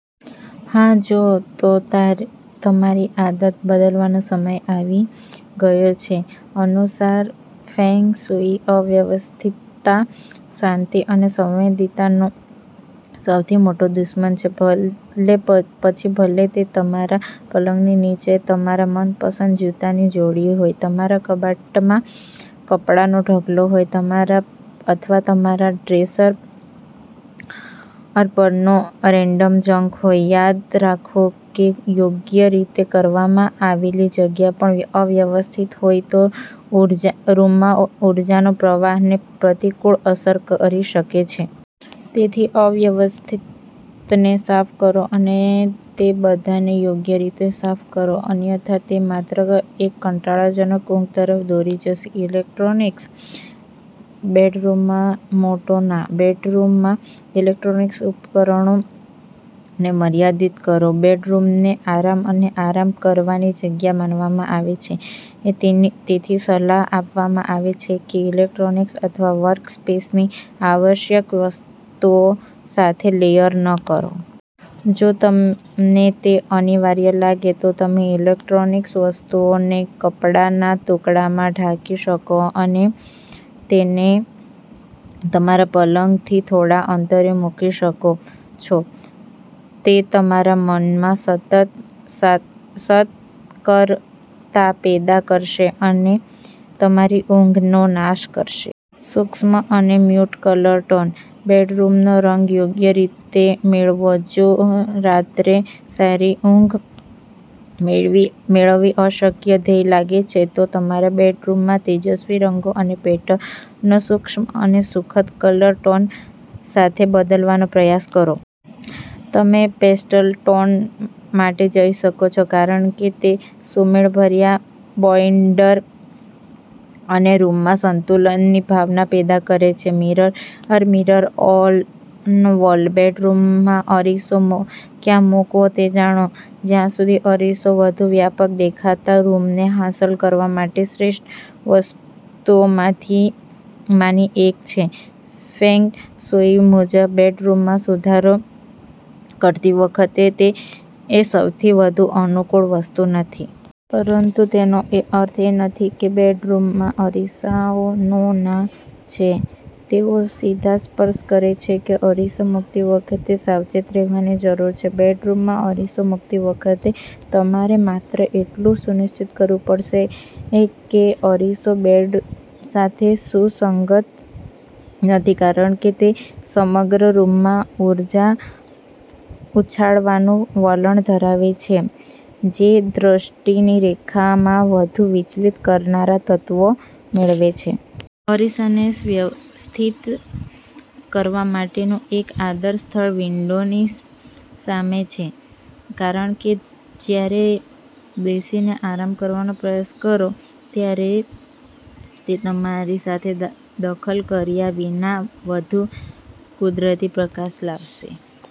જો હા, તો તમારી આદત બદલવાનો સમય આવી ગયો છે. અનુસાર ફેંગ શુઇ, અવ્યવસ્થિતતા શાંતિ અને સંવાદિતાનો સૌથી મોટો દુશ્મન છે. પછી ભલે તે તમારા પલંગની નીચે તમારા મનપસંદ જૂતાની જોડી હોય, તમારા કબાટમાં કપડાંનો ઢગલો હોય, અથવા તમારા ડ્રેસર પરનો રેન્ડમ જંક હોય, યાદ રાખો કે યોગ્ય રીતે તૈયાર કરવામાં આવેલી જગ્યા પણ અવ્યવસ્થિત હોય તો રૂમમાં ઊર્જાના પ્રવાહને પ્રતિકૂળ અસર કરી શકે છે. તેથી, અવ્યવસ્થિતને સાફ કરો અને તે બધાને યોગ્ય રીતે સાફ કરો, અન્યથા, તે માત્ર એક કંટાળાજનક ઊંઘ તરફ દોરી જશે. ઈલેક્ટ્રોનિક્સ? બેડરૂમમાં મોટો ના! બેડરૂમમાં ઇલેક્ટ્રોનિક ઉપકરણોને મર્યાદિત કરો. બેડરૂમને આરામ અને આરામ કરવાની જગ્યા માનવામાં આવે છે, તેથી સલાહ આપવામાં આવે છે કે તેને ઇલેક્ટ્રોનિક્સ અથવા વર્કસ્પેસની આવશ્યક વસ્તુઓ સાથે લેયર ન કરો. જો તમને તે અનિવાર્ય લાગે, તો તમે ઈલેક્ટ્રોનિક વસ્તુઓને કપડાના ટુકડામાં ઢાંકી શકો છો અને તેને તમારા પલંગથી થોડા અંતરે મૂકી શકો છો. તે તમારા મનમાં સતત સતર્કતા પેદા કરશે અને તમારી ઊંઘનો નાશ કરશે. સૂક્ષ્મ અને મ્યૂટ કલર ટોન. બેડરૂમનો રંગ યોગ્ય રીતે મેળવો! જો રાત્રે સારી ઊંઘ મેળવવી અશક્ય ધ્યેય લાગે છે, તો તમારા બેડરૂમમાં તેજસ્વી રંગો અને પેટર્નને સૂક્ષ્મ અને સુખદ કલર ટોન સાથે બદલવાનો પ્રયાસ કરો. તમે પેસ્ટલ ટોન માટે જઈ શકો છો કારણ કે તેઓ સુમેળભર્યા બૌડોઇર અને રૂમમાં સંતુલનની ભાવના પ્રદાન કરે છે. Mirror, mirror on wall. બેડરૂમમાં અરીસો ક્યાં મૂકવો તે જાણો. જ્યારે અરીસો વધુ વ્યાપક દેખાતા રૂમને હાંસલ કરવા માટે શ્રેષ્ઠ વસ્તુઓમાંની એક છે, ફેંગ શુઇ મુજબ બેડરૂમમાં સુધારો કરતી વખતે તે સૌથી અનુકૂળ વસ્તુ નથી. પરંતુ તેનો અર્થ નથી કે બેડરૂમમાં અરીસાઓ નો-ના છે. તેનો સીધો અર્થ એ છે કે અરીસો મૂકતી વખતે સાવચેત રહેવાની જરૂર છે. બેડરૂમમાં અરીસો મૂકતી વખતે, તમારે માત્ર એટલું સુનિશ્ચિત કરવું પડશે કે અરીસો બેડ સાથે સુસંગત નથી કારણ કે તે સમગ્ર રૂમમાં ઊર્જા ઉછાળવાનું વલણ ધરાવે છે જે દૃષ્ટિની રેખામાં વધુ વિચલિત કરનારા તત્વો મેળવે છે. અરીસાને સ્થિત કરવા માટેનું એક આદર્શ સ્થળ વિન્ડોની સામે છે કારણ કે જ્યારે બેસીને આરામ કરવાનો પ્રયાસ કરો ત્યારે તે તમારી સાથે દખલ કર્યા વિના વધુ કુદરતી પ્રકાશ લાવશે